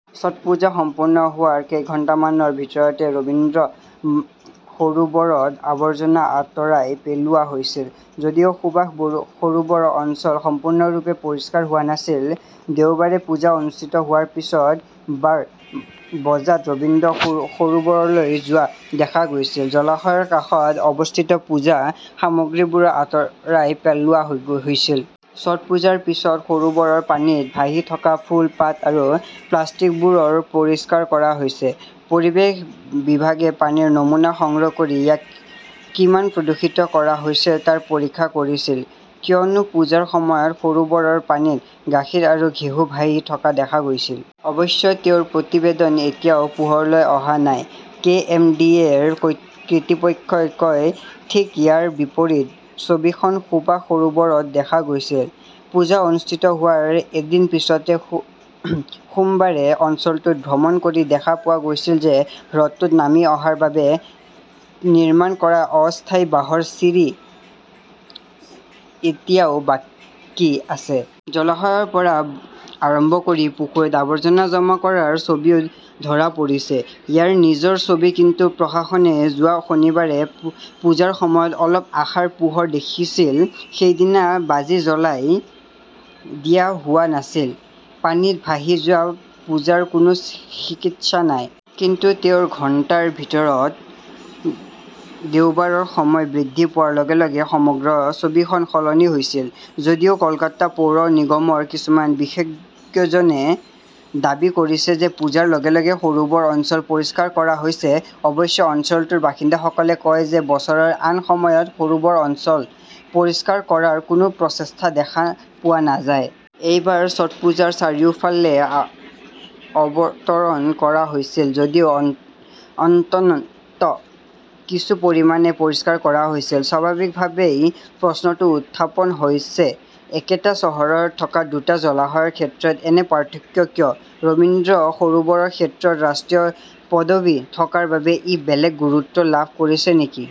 ছঠপুজা সম্পূৰ্ণ হোৱাৰ কেইঘণ্টামানৰ ভিতৰতে ৰবীন্দ্ৰ সৰোবৰত আৱৰ্জনা আঁতৰাই পেলোৱা হৈছিল যদিও সুভাষ সৰোবৰ অঞ্চল সম্পূৰ্ণৰূপে পৰিষ্কাৰ হোৱা নাছিল। দেওবাৰে পূজা অনুষ্ঠিত হোৱাৰ পিছত বাৰ বজাত ৰবীন্দ্ৰ সৰোবৰলৈ যোৱা দেখা গৈছিল। জলাশয়ৰ কাষত অৱস্থিত পূজা সামগ্ৰীবোৰ আঁতৰাই পেলোৱা হৈছিল। ছটপুজাৰ পিছত সৰোবৰৰ পানীত ভাহি থকা ফুল, পাত আৰু প্লাষ্টিকবোৰো পৰিষ্কাৰ কৰা হৈছে। পৰিৱেশ বিভাগে পানীৰ নমুনা সংগ্ৰহ কৰি ইয়াক কিমান প্ৰদূষিত কৰা হৈছিল তাৰ পৰীক্ষা কৰিছিল কিয়নো পূজাৰ সময়ত সৰোবৰৰ পানীত গাখীৰ আৰু ঘেঁহু ভাহি থকা দেখা গৈছিল। অৱশ্যে তেওঁৰ প্ৰতিবেদন এতিয়াও পোহৰলৈ অহা নাই কে.এম.ডি.এ কৰ্তৃপক্ষই কয়। ঠিক ইয়াৰ বিপৰীত ছবিখন সুভাষ সৰোবৰত দেখা গৈছিল। পূজা অনুষ্ঠিত হোৱাৰ এদিন পিছতে সোমবাৰে অঞ্চলটো ভ্ৰমণ কৰি দেখা পোৱা গৈছিল যে হ্ৰদটোত নামি অহাৰ বাবে নিৰ্মাণ কৰা অস্থায়ী বাঁহৰ চিৰি এতিয়াও বাকী আছে। জলাশয়ৰ পৰা আৰম্ভ কৰি পুখুৰীত আৱৰ্জনা জমা কৰাৰ ছবিও ধৰা পৰিছে। ইয়াৰ নিজৰ ছবি কিন্তু প্ৰশাসনে যোৱা শনিবাৰে পূজাৰ সময়ত অলপ আশাৰ পোহৰ দেখিছিল। সেইদিনা বাজি জ্বলাই দিয়া হোৱা নাছিল। পানীত ভাহি যোৱা পূজাৰ কোনো চিকিৎসা নাই। কিন্তু তেওঁৰ ঘণ্টাৰ ভিতৰত, দেওবাৰৰ সময় বৃদ্ধি পোৱাৰ লগে -লগে সমগ্ৰ ছবিখন সলনি হৈছিল। যদিও কলকাতা পৌৰ নিগমৰ কিছুমান বিষয়াজনে দাবী কৰিছে যে পূজাৰ লগে -লগে সৰোবৰ অঞ্চল পৰিষ্কাৰ কৰা হৈছে। অৱশ্যে অঞ্চলটোৰ বাসিন্দাসকলে কয় যে বছৰৰ আন সময়ত সৰোবৰ অঞ্চল পৰিষ্কাৰ কৰাৰ কোনো প্ৰচেষ্টা দেখা পোৱা নাযায়। এইবাৰ ছঠপুজাৰ চাৰিওফালে অৱতৰণ কৰা হৈছিল যদিও অন্তত কিছু পৰিমাণে পৰিষ্কাৰ কৰা হৈছিল। স্বাভাৱিকভাৱেই প্ৰশ্নটো উত্থাপন হৈছে, একেটা চহৰত থকা দুটা জলাশয়ৰ ক্ষেত্ৰত এনে পাৰ্থক্য কিয়? ৰবীন্দ্ৰ সৰোবৰৰ ক্ষেত্ৰত ৰাষ্ট্ৰীয় পদবী থকাৰ বাবে ই বেলেগ গুৰুত্ব লাভ কৰিছে নেকি?